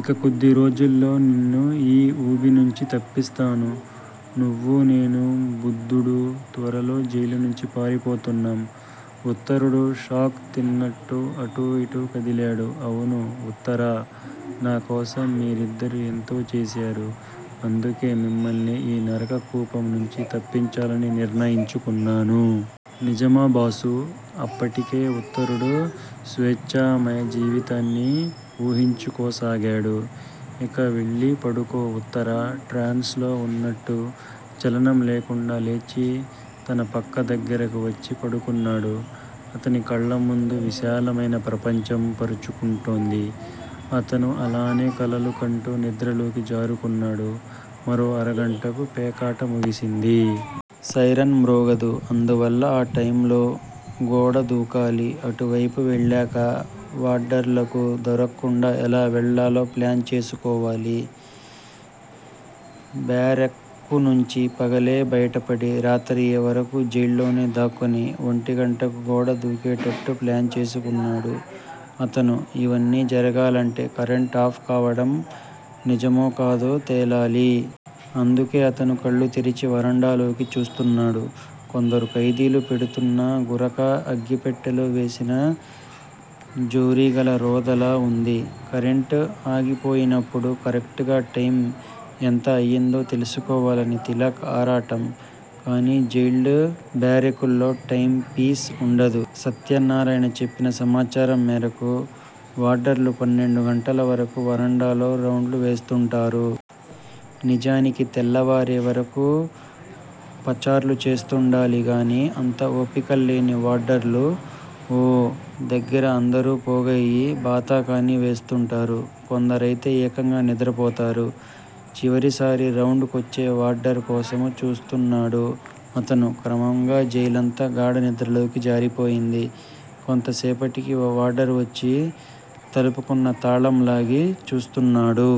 ఇక కొద్ది రోజుల్లో నిన్ను ఈ ఊబినుంచి తప్పిస్తాను. నువ్వూ, నేను, బుద్ధుడు త్వరలో జైలునుంచి పారిపోతున్నాం. ఉత్తరుడు షాక్ తిన్నట్టు అటూ ఇటూ కదిలాడు. అవును ఉత్తరా. నాకోసం మీరిద్దరూ ఎంతో చేశారు. అందుకే మిమ్మల్ని ఈ నరక కూపం నుంచి తప్పించాలని నిర్ణయించుకున్నాను. నిజమా బాసూ అప్పటికే ఉత్తరుడు స్వేచ్ఛామయ జీవితాన్ని వూహించుకోసాగాడు. ఇక వెళ్ళిపడుకో ఉత్తరా ట్రాన్స్ లో వున్నట్టు చలనం లేకుండా లేచి తన పక్క దగ్గరికి వచ్చి పడుకున్నాడు. అతని కళ్ళముందు విశాలమైన ప్రపంచం పరుచుకుంటోంది. అతను అలానే కలలు కంటూ నిద్రలోకి జారుకున్నాడు. మరో అరగంటకు పేకాట ముగిసింది. సైరన్ మ్రోగదు. అందువల్ల ఆ టైమ్ లో గోడదూకాలి. అటువైపు వెళ్ళాక వార్డర్లకు దొరక్కుండా ఎలా వెళ్ళాలో ప్లాన్ చేసుకోవాలి. బ్యారెక్కు నుంచి పగలే బయటపడి, రాత్రయ్యేవరకు జైల్లోనే దాక్కుని ఒంటిగంటకు గోడ దూకేటట్లు ప్లాన్ చేసుకున్నాడు అతను. ఇవన్నీ జరగాలంటే కరెంట్ ఆఫ్ కావడం నిజమోకాదో తేలాలి. అందుకే అతను కళ్ళు తెరిచి వరండాలోకి చూస్తున్నాడు. కొందరు ఖైదీలు పెడుతున్న గురక అగ్గిపెట్టెలో వేసిన జోరీగల రొదలా వుంది. కరెంట్ ఆగిపోయినప్పుడు కరెక్టుగా టైమ్ ఎంత అయిందో తెలుసుకోవాలని తిలక్ ఆరాటం. కానీ జైళ్ళ బ్యారెక్కుల్లో టైమ్ పీస్ వుండదు. సత్యనారాయణ చెప్పిన సమాచారం మేరకు వార్డర్లు పన్నెండు గంటల వరకు వరండాలో రౌండ్లు వేస్తుంటారు. నిజానికి తెల్లవారే వరకూ పచార్లు చేస్తుండాలిగాని అంత ఓపికల్లేని వార్డర్లు ఓ దగ్గిర అందరూ పోగయి బాతాఖానీ వేస్తుంటారు. కొందరైతే ఏకంగా నిద్రపోతారు. చివరిసారి రౌండ్ కొచ్చే వార్డర్ కోసం చూస్తున్నాడు అతను. క్రమంగా జైలంతా గాఢనిద్రలోకి జారిపోయింది. కొంతసేపటికి ఓ వార్డర్ వచ్చి తలుపుకున్న తాళం లాగి చూస్తున్నాడు.